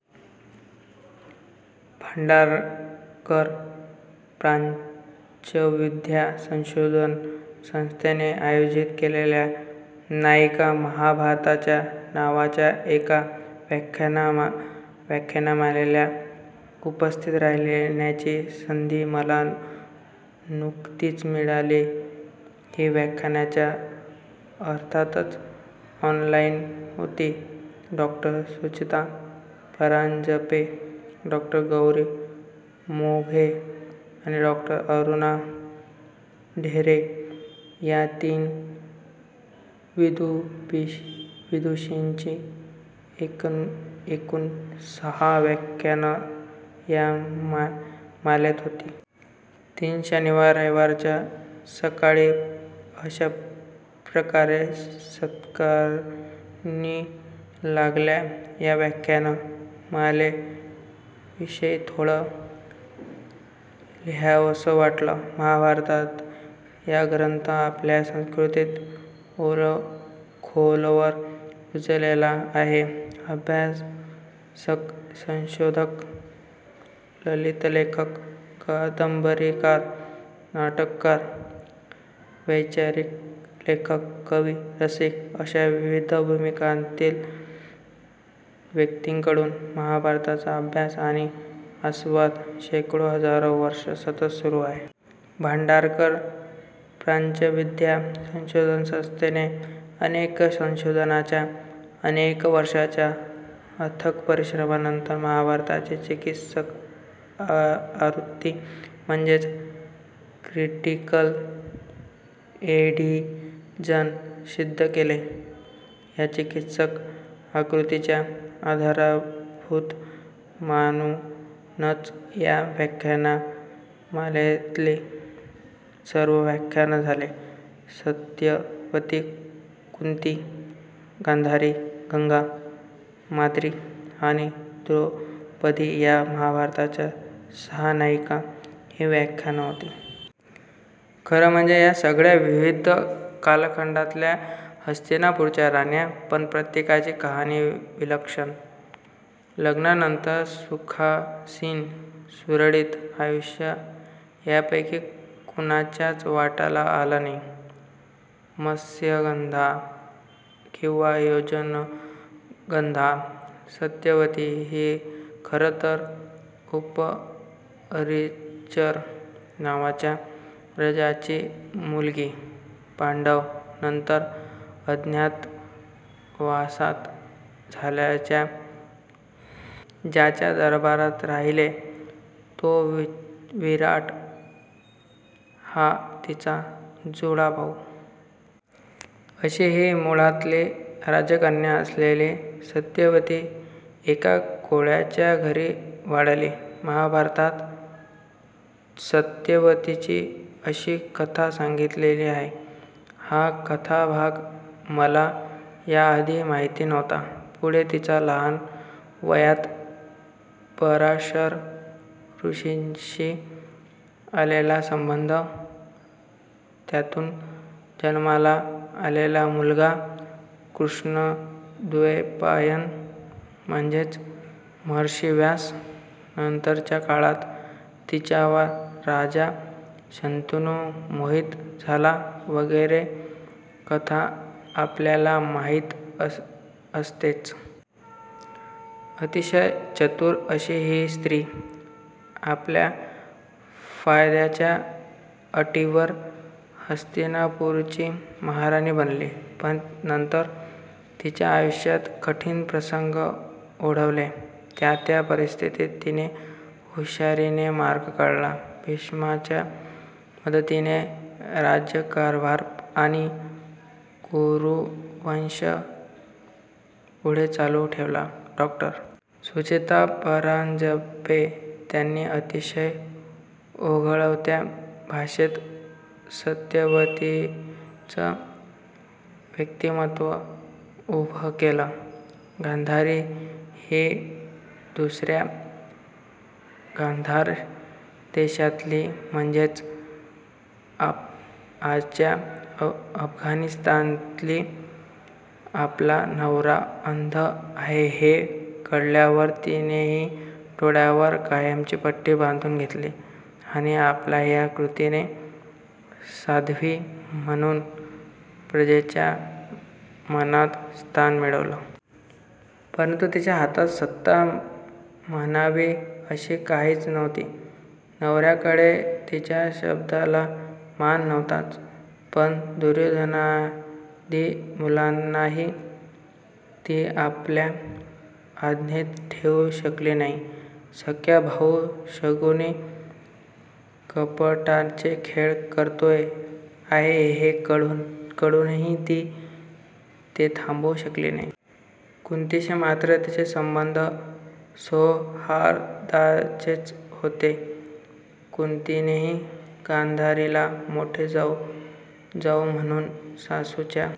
भांडारकर प्राच्यविद्या संशोधन संस्थेने आयोजित केलेल्या 'नायिका महाभारताच्या' नावाच्या एका व्याख्यानमालेला उपस्थित राहण्याची संधी मला नुकतीच मिळाली. ही व्याख्यानमाला अर्थातच ऑनलाईन होती. डॉ. सुचेता परांजपे, डॉ. गौरी मोघे आणि डॉ. अरुणा ढेरे या तीन विदुषींची एकूण सहा व्याख्यानं या मालेत होती. तीन शनिवार-रविवारच्या सकाळी अशा प्रकारे सत्कारणी लागल्या. या व्याख्यान मालेविषयी थोडं लिहावंसं वाटलं. महाभारत हा ग्रंथ आपल्या संस्कृतीत खोलवर रुजलेला आहे. अभ्यासक, संशोधक, ललितलेखक, कादंबरीकार, नाटककार, वैचारिक लेखक, कवी, रसिक अशा विविध भूमिकांतील व्यक्तींकडून महाभारताचा अभ्यास आणि आस्वाद शेकडो-हजारो वर्षं सतत सुरू आहे. भांडारकर प्राच्यविद्या संशोधन संस्थेने अनेक संशोधकांच्या अनेक वर्षांच्या अथक परिश्रमांनंतर महाभारताची 'चिकित्सक आवृत्ती' म्हणजेच 'क्रिटिकल एडिशन' सिद्ध केली. या चिकित्सक आवृत्तीला आधारभूत मानूनच या व्याख्यानमालेतली सर्व व्याख्यानं झाली. सत्यवती, कुंती, गांधारी, गंगा, माद्री आणि द्रौपदी या महाभारताच्या सहा नायिकांवर ही व्याख्यानं होती. खरं म्हणजे या सगळ्या विविध कालखंडातल्या हस्तिनापूरच्या राण्या. पण प्रत्येकीची कहाणी विलक्षण. लग्नानंतर सुखासीन, सुरळीत आयुष्य यापैकी कुणाच्याच वाट्याला आलं नाही. मत्स्यगंधा किंवा योजनगंधा सत्यवती ही खरं तर 'उपरिचर' नावाच्या राजाची मुलगी. पांडव नंतर अज्ञातवासात ज्याच्या दरबारात राहिले, तो विराट हा तिचा जुळा भाऊ. अशी ही मुळातली राजकन्या असलेली सत्यवती एका कोळ्याच्या घरी वाढली. महाभारतात सत्यवतीची अशी कथा सांगितलेली आहे. हा कथाभाग मला याआधी माहिती नव्हता. पुढे तिचा लहान वयात पराशर ऋषींशी आलेला संबंध, त्यातून जन्माला आलेला मुलगा कृष्णद्वैपायन, म्हणजेच महर्षी व्यास, नंतरच्या काळात तिच्यावर राजा शंतनु मोहित झाला वगैरे कथा आपल्याला माहिती असतेच. अतिशय चतुर अशी ही स्त्री. आपल्या फायद्याच्या अटींवर हस्तिनापूरची महाराणी बनली, पण नंतर तिच्या आयुष्यात कठीण प्रसंग ओढवले. त्या-त्या परिस्थितीत तिने हुशारीने मार्ग काढला, भीष्माच्या मदतीने राज्यकारभार आणि कुरुवंश पुढे चालू ठेवला. डॉ. सुचेता परांजपे यांनी अतिशय ओघवत्या भाषेत सत्यवतीचं व्यक्तिमत्त्व उभं केलं. गांधारी ही दूरच्या गांधार देशातली. म्हणजेच आजच्या अफगाणिस्तानातली. आपला नवरा अंध आहे हे कळल्यावर तिनेही डोळ्यांवर कायमची पट्टी बांधून घेतली. आणि आपल्या या कृतीने 'साध्वी' म्हणून प्रजेच्या मनात स्थान मिळवलं. परंतु तिच्या हातात सत्ता म्हणावी अशी काहीच नव्हती. नवर्याकडे तिच्या शब्दाला मान नव्हताच, पण दुर्योधनादि मुलांनाही ती आपल्या आज्ञेत ठेवू शकली नाही. सख्खा भाऊ शकुनी कपटाचे खेळ करतो आहे हे कळूनही ती ते थांबवू शकली नाही. कुंतीशी मात्र तिचे संबंध सौहार्दाचेच होते. कुंतीनेही गांधारीला मोठी जाऊ म्हणून, सासूच्या--